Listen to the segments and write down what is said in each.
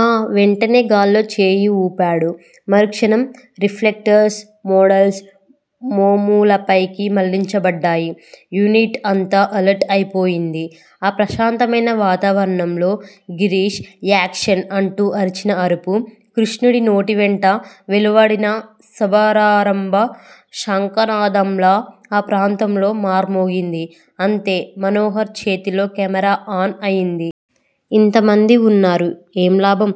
ఆ వెంటనే గాల్లో చేయి వూపాడు. మరుక్షణం రిఫ్లెక్టర్స్ మోడల్స్ మోములపైకి మళ్ళించబడ్డాయి. యూనిట్ అంతా అలర్ట్ అయిపోయింది. ఆ ప్రశాంతమైన వాతవరణంలో గిరీష్ 'యాక్షన్' అంటూ అరిచిన అరుపు కృష్ణుడి నోటివెంట వెలువడిన సమరారంభ శంఖానాదంలా ఆ ప్రాంతంలో మార్మోగింది. అంతే మనోహర్ చేతిలో కెమేరా ఆన్ అయింది. ఇంతమంది ఉన్నారు. ఏం లాభం?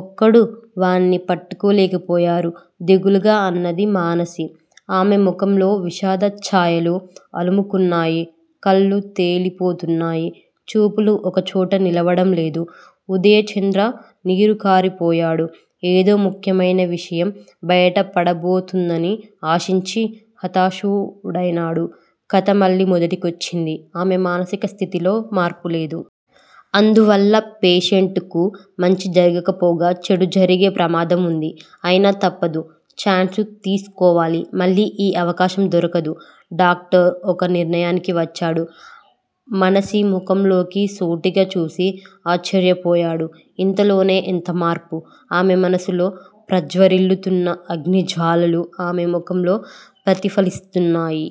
ఒక్కడూ వాడ్ని పట్టులేకపోయారు దిగులుగా అన్నది మానసి. ఆమె ముఖంలో విషాదచ్చాయలు అలుముకొన్నాయి. కళ్ళు తేలిపోతున్నాయి. చూపులు ఒకచోట నిలవడం లేదు. ఉదయచంద్ర నీరుకారిపోయాడు. ఏదో ముఖ్యమైన విషయం బయటపడపోతుందని ఆశించి హతాశుడైనాడు. కథ మళ్ళీ మొదటికొచ్చింది. ఆమె మానసిక స్థితిలో మార్పులేదు. అందువల్ల పేషెంటుకు మంచి జరగకపోగా చెడు జరిగే ప్రమాదం వుంది. అయినా తప్పదు. ఛాన్సు తీసుకోవాలి. మళ్ళీ ఈ అవకాశం దొరకదు. డాక్టర్ ఒక నిర్ణయానికి వచ్చాడు. మనసి ముఖంలోకి సూటిగా చూసి ఆశ్చర్యపోయాడు. ఇంతలోనే ఎంతమార్పు? ఆమె మనసులో ప్రజ్వరిల్లుతున్న అగ్నిజ్వాలలు ఆమె ముఖంలో ప్రతిఫలిస్తున్నాయి.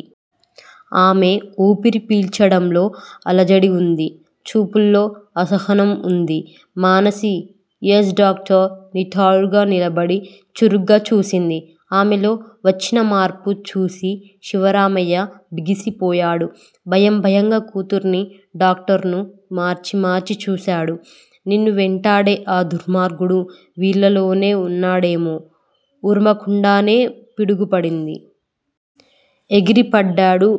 ఆమె ఊపిరి పీల్చడంలో అలజడివుంది. చూపుల్లో అసహనం ఉంది. మానసీ? యస్. డాక్టర్! నిటారుగా నిలబడి చురుగ్గా చూసింది. ఆమెలో వచ్చినమార్పు చూసి శివరామయ్య బిగిసిపోయాడు. భయం భయంగా కూతుర్నీ, డాక్టర్నూ మార్చి మార్చి చూశాడు. నిన్ను వెంటాడే ఆ దుర్మార్గుడు వీళ్ళల్లోనే వున్నాడేమో? ఉరమకుండానే పిడుగుపడింది. ఎగిరిపడ్డాడు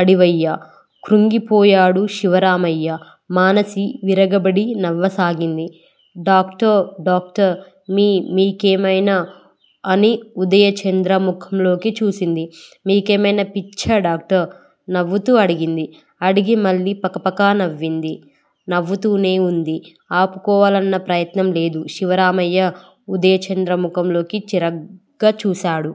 అడివయ్య. క్రుంగిపోయాడు శివరామయ్య. మానసి విరగబడి నవ్వసాగింది. డాక్టర్ డాక్టర్ మీ మీకేమైనా అని ఉదయచంద్ర ముఖంలోకి చూసింది. మీకేమైనా పిచ్చా డాక్టర్? నవ్వుతూ అడిగింది. అడిగి మళ్ళీ పకపకా నవ్వింది. నవ్వుతూనే వుంది. ఆపుకోవాలన్న ప్రయత్నంలేదు. శివరామయ్య ఉదయచంద్ర ముఖంలోకి చిరాగ్గా చూశాడు.